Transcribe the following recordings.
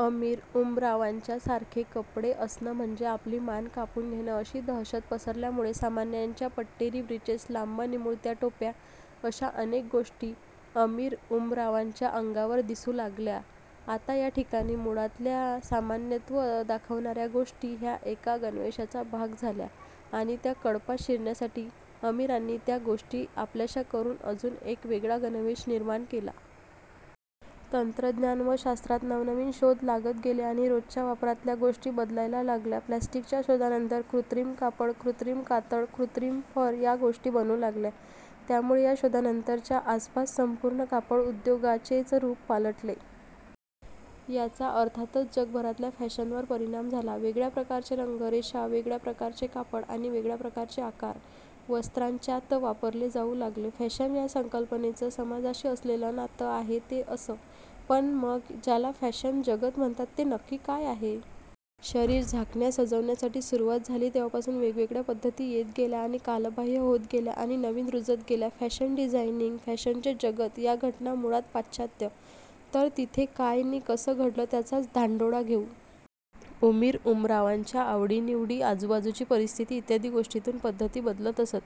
अमीरउमरावांच्यासारखे कपडे असणं म्हणजे आपली मान कापून घेणं अशी दहशत पसरल्यामुळे सामान्यांच्या पट्टेरी ब्रीचेस लांब निमुळत्या टोप्या अश्या अनेक गोष्टी अमीरउमरावांच्या अंगावर दिसू लागल्या. आता या ठिकाणी मुळातल्या सामान्यत्व दाखवणार्या गोष्टी ह्या एका गणवेशाचा भाग झाल्या आणि त्या कळपात शिरण्यासाठी अमीरांनी त्या गोष्टी आपल्याश्या करून अजून एक वेगळा गणवेश निर्माण केला. तंत्रज्ञान व शास्त्रात नवनवीन शोध लागत गेले आणि रोजच्या वापरातल्या गोष्टी बदलायला लागल्या. प्लॅस्टीकच्या शोधानंतर कृत्रिम कापड, कृत्रिम कातडं, कृत्रिम फर या गोष्टी बनू लागल्या. त्यामुळे या शोधानंतर च्या आसपास संपूर्ण कापडउद्योगाचेच रूप पालटले. याचा अर्थातच जगभरातल्या फॅशनवर परिणाम झाला. वेगळ्या प्रकारचे रंग, रेषा, वेगळ्या प्रकारचे कापड आणि वेगळ्या प्रकारचे आकार वस्त्रांच्यात वापरले जाऊ लागले. फॅशन या संकल्पनेचं समाजाशी असलेलं नातं आहे ते असं. पण मग ज्याला फॅशन जगत म्हणतात ते नक्की काय आहे? शरीर झाकण्या-सजवण्याची सुरूवात झाली तेव्हापासून वेगवेगळ्या पद्धती येत गेल्या आणि कालबाह्य होत गेल्या आणि नवीन रूजत गेल्या. फॅशन डिझायनिंग/ फॅशनचे जगत या घटना मुळात पाश्चात्य. तर तिथे काय नि कसं घडलं त्याचाच धांडोळा घेऊ. अमीरउमरावांच्या आवडीनिवडी, आजूबाजूची परिस्थिती इत्यादी गोष्टींतून पद्धती बदलत असत.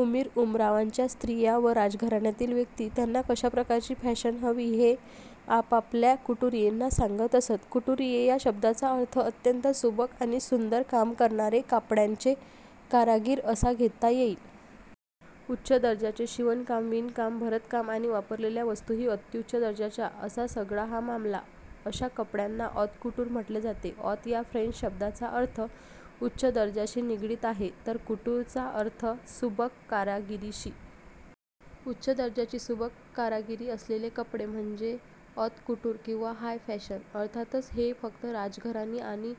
अमीरउमरावांच्या स्त्रिया व राजघराण्यातील व्यक्ती त्यांना कश्या प्रकारची फॅशन हवी हे आपापल्या कुटुरियेंना सांगत असत. कुटुरीये या शब्दाचा अर्थ अत्यंत सुबक आणि सुंदर काम करणारे कपड्यांचे कारागिर असा घेता येईल. उच्च दर्जाचे शिवणकाम, विणकाम, भरतकाम आणि वापरलेल्या वस्तूही अत्युच्च दर्जाच्या असा सगळा हा मामला. अश्या कपड्यांना ऑत कुटूर म्हटले जाते. ऑत या फ्रेंच शब्दाचा अर्थ उच्च दर्जाशी निगडीत आहे तर कुटूर चा अर्थ सुबक कारागिरीशी. उच्च दर्जाची सुबक कारागिरी असलेले कपडे म्हणजे ऑत कुटूर किंवा हाय फॅशन. अर्थातच हे फक्त राजघराणी आणि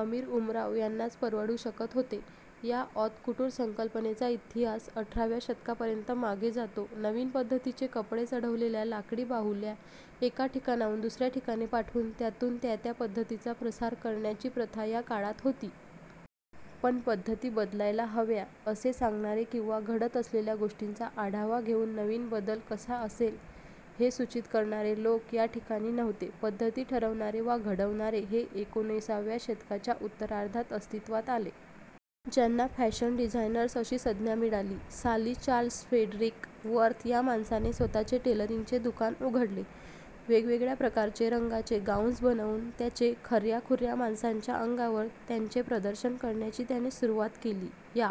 अमीरउमराव यांनाच परवडू शकत होते. या ऑत कुटूर संकल्पनेचा इतिहास अठराव्या शतकातपर्यंत मागे जातो. नवीन पद्धतीचे कपडे चढवलेल्या लाकडी बाहुल्या एका ठिकाणाहून दुसर्या ठिकाणी पाठवून त्यातून त्या त्या पद्धतीचा प्रसार करण्याची प्रथा या काळात होती. पण पद्धती बदलायला हव्या असे सांगणारे किंवा घडत असलेल्या गोष्टींचा आढावा घेऊन नवीन बदल कसा असेल हे सूचित करणारे लोक या ठिकाणी नव्हते. पद्धती ठरवणारे वा घडवणारे हे एकोणिसाव्या शतकाच्या उत्तरार्धात अस्तित्वात आले. ज्यांना फॅशन डिझायनर्स अशी संज्ञा मिळाली. साली चार्ल्स फ्रेडरीक वर्थ या माणसाने स्वतःचे टेलरींगचे दुकान उघडले वेगवेगळ्या प्रकारचे, रंगांचे गाउन्स बनवून त्याचे खर्याखुर्या माणसांच्या अंगावर त्यांचे प्रदर्शन करण्याची त्याने सुरूवात केली. या